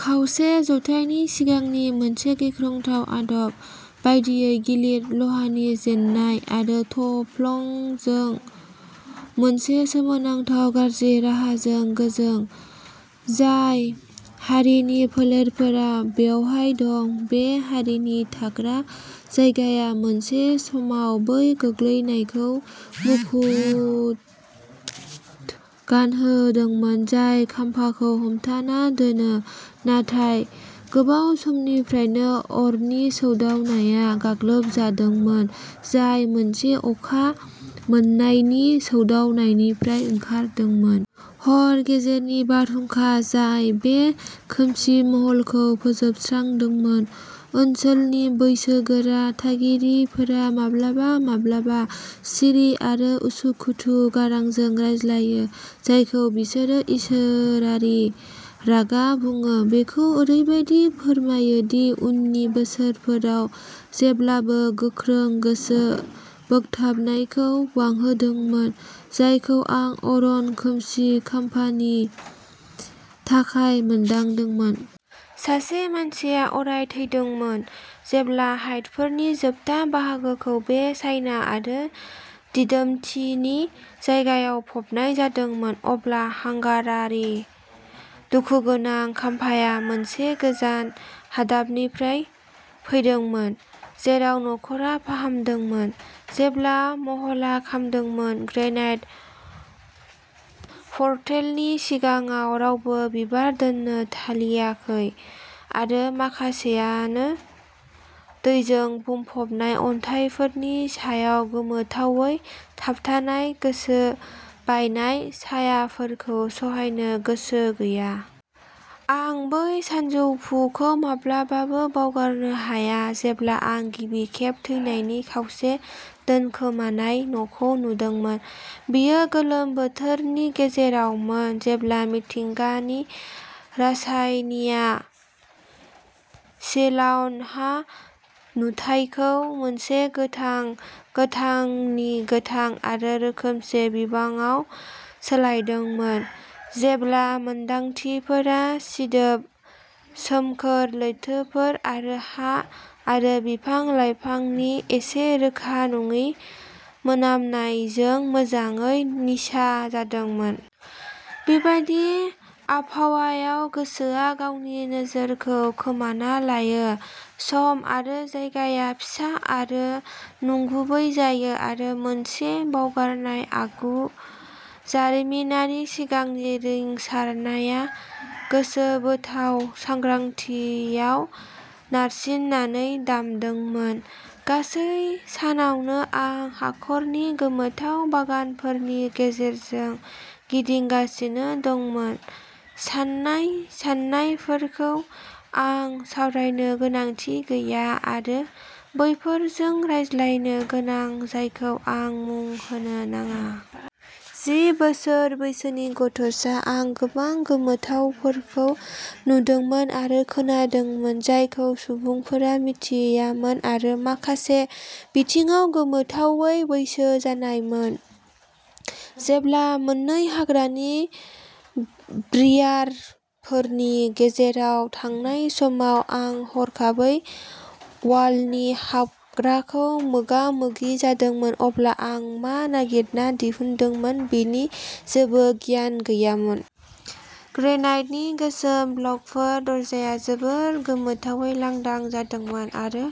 खावसे जौथायनि सिगांनि मोनसे गिख्रंथाव आदब बायदियै, गिलिर लहानि जेन्नाय आरो थफ्लंजों मोनसे सोमोनांथाव गाज्रि राहाजों गोजों। जाय हारिनि फोलेरफोरा बेवहाय दं, बे हारिनि थाग्रा जायगाया मोनसे समाव बै गोग्लैनायखौ मुखुत गानहोदोंमोन जाय खाम्फाखौ हमथाना दोनो, नाथाय गोबाव समनिफ्रायनो अरनि सौदावनायाव गाग्लोबजादोंमोन, जाय मोनसे अखा मोन्नायनि सौदावनायनिफ्राय ओंखारदोंमोन। हर गेजेरनि बारहुंखा जाय बे खोमसि महलखौ फोजोबस्रांदोंमोन, ओनसोलनि बैसोगोरा थागिरिफोरा माब्लाबा माब्लाबा सिरि आरो उसुखुथु गारांजों रायज्लायो, जायखौ बिसोरो इसोरारि रागा बुङो, बेखौ ओरैबायदि फोरमायो दि उननि बोसोरफोराव जेब्लाबो गोख्रों गोसो बोगथाबनायखौ बांहोदोंमोन जायखौ आं अरन खोमसि खाम्फानि थाखाय मोनदांदोंमोन। सासे मानसिया अराव थैदोंमोन। जेब्ला हाइडफोरनि जोबथा बाहागोखौ बे सायना आरो दिदोमथिनि जायगायाव फबनाय जादोंमोन, अब्ला हांगारानि दुखुगोनां खामफाआ मोनसे गोजान हादाबनिफ्राय फैदोंमोन, जेराव न'खरआ फाहामदोंमोन। जेब्ला महलआ खामदोंमोन। ग्रेनाइट पर्टेलनि सिगाङाव रावबो बिबार दोन्नो थालियाखै आरो माखासेआनो दैजों बुंफबनाय अन्थाइफोरनि सायाव गोमोथावै थाबथानाय गोसोबायनाय सायाफोरखौ सहायनो गोसो गैया। आं बै सानजौफुखौ माब्लाबाबो बावगारनो हाया जेब्ला आं गिबि खेब थैनायनि खावसे दोनखोमानाय न'खौ नुदोंमोन। बेयो गोलोम बोथोरनि गेजेरावमोन, जेब्ला मिथिंगानि रासायनिया सिलवान हा नुथायखौ मोनसे गोथां गोथांनि गोथां आरो रोखोमसे बिबाङाव सोलायदोंमोन, जेब्ला मोनदांथिफोरा सिदोब सोमखोर लैथोफोर आरो हा आरो बिफां लाइफांनि एसे रोखा नङि मोनामनायजों मोजाङै निसा जादोंमोन। बेबादि आबहावायाव गोसोआ गावनि नोजोरखौ खोमाना लायो, सम आरो जायगाया फिसा आरो नंगुबै जायो आरो मोनसे बावगारनाय आगु जारिमिनारि सिगांनि रिंसारनाया गोसोबोथाव सांग्रांथियाव नारसिननानै दामदोंमोन। गासै सानावनो आं हाखरनि गोमोथाव बागानफोरनि गेजेरजों गिदिंगासिनो दंमोन, साननाय साननायफोरखौ आं सावरायनो गोनांथि गैया आरो बैफोरजों रायज्लायनो गोनां जायखौ आं मुं होनो नाङा। जि बोसोर बैसोनि गथ'सा, आं गोबां गोमोथावफोरखौ नुदोंमोन आरो खोनादोंमोन, जायखौ सुबुंफोरा मिथियामोन आरो माखासे बिथिङाव गोमोथावै बैसो जानायमोन। जेब्ला, मोननै हाग्रानि ब्रियारफोरनि गेजेराव थांनाय समाव आं हरखाबै वाल्टनि हाबग्राखौ मोगा मोगि जादोंमोन, अब्ला आं मा नागिरना दिहुनदोंमोन बेनि जेबो गियान गैयामोन। ग्रेनाइटनि गोसोम ब्लकफोर, दरजाया जोबोद गोमोथावै लांदां जादोंमोन आरो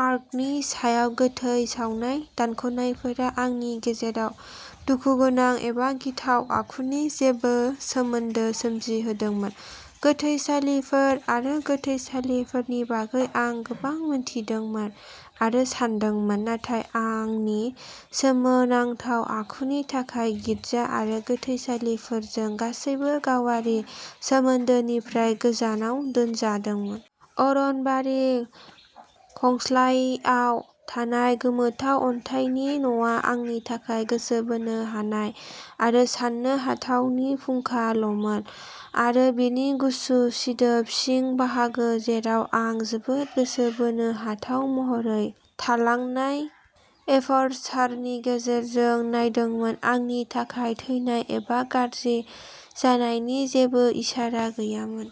आर्कनि सायाव गोथै सावनाय दानख'नायफोरा, आंनि गेजेराव दुखुगोनां एबा गिथाव आखुनि जेबो सोमोन्दो सोमजिहोदोंमोन। गोथैसालिफोर आरो गोथैसालिफोरनि बागै आं गोबां मिथिदोंमोन आरो सानदोंमोन, नाथाय आंनि सोमोनांथाव आखुनि थाखाय गिर्जा आरो गोथैसालिफोरजों गासैबो गावारि सोमोन्दोनिफ्राय गोजानाव दोनजादोंमोन। अरनबारि खंस्लायआव थानाय गोमोथाव अन्थाइनि न'आ आंनि थाखाय गोसो बोनो हानाय आरो सान्नो हाथावनि फुंखा ल'मोन आरो बेनि गुसु, सिदोब सिं बाहागो, जेराव आं जोबोद गोसो बोनो हाथाव महरै थालांनाय एपार्सारनि गेजेरजों नायदोंमोन, आंनि थाखाय थैनाय एबा गाज्रि जानायनि जेबो इसारा गैयामोन।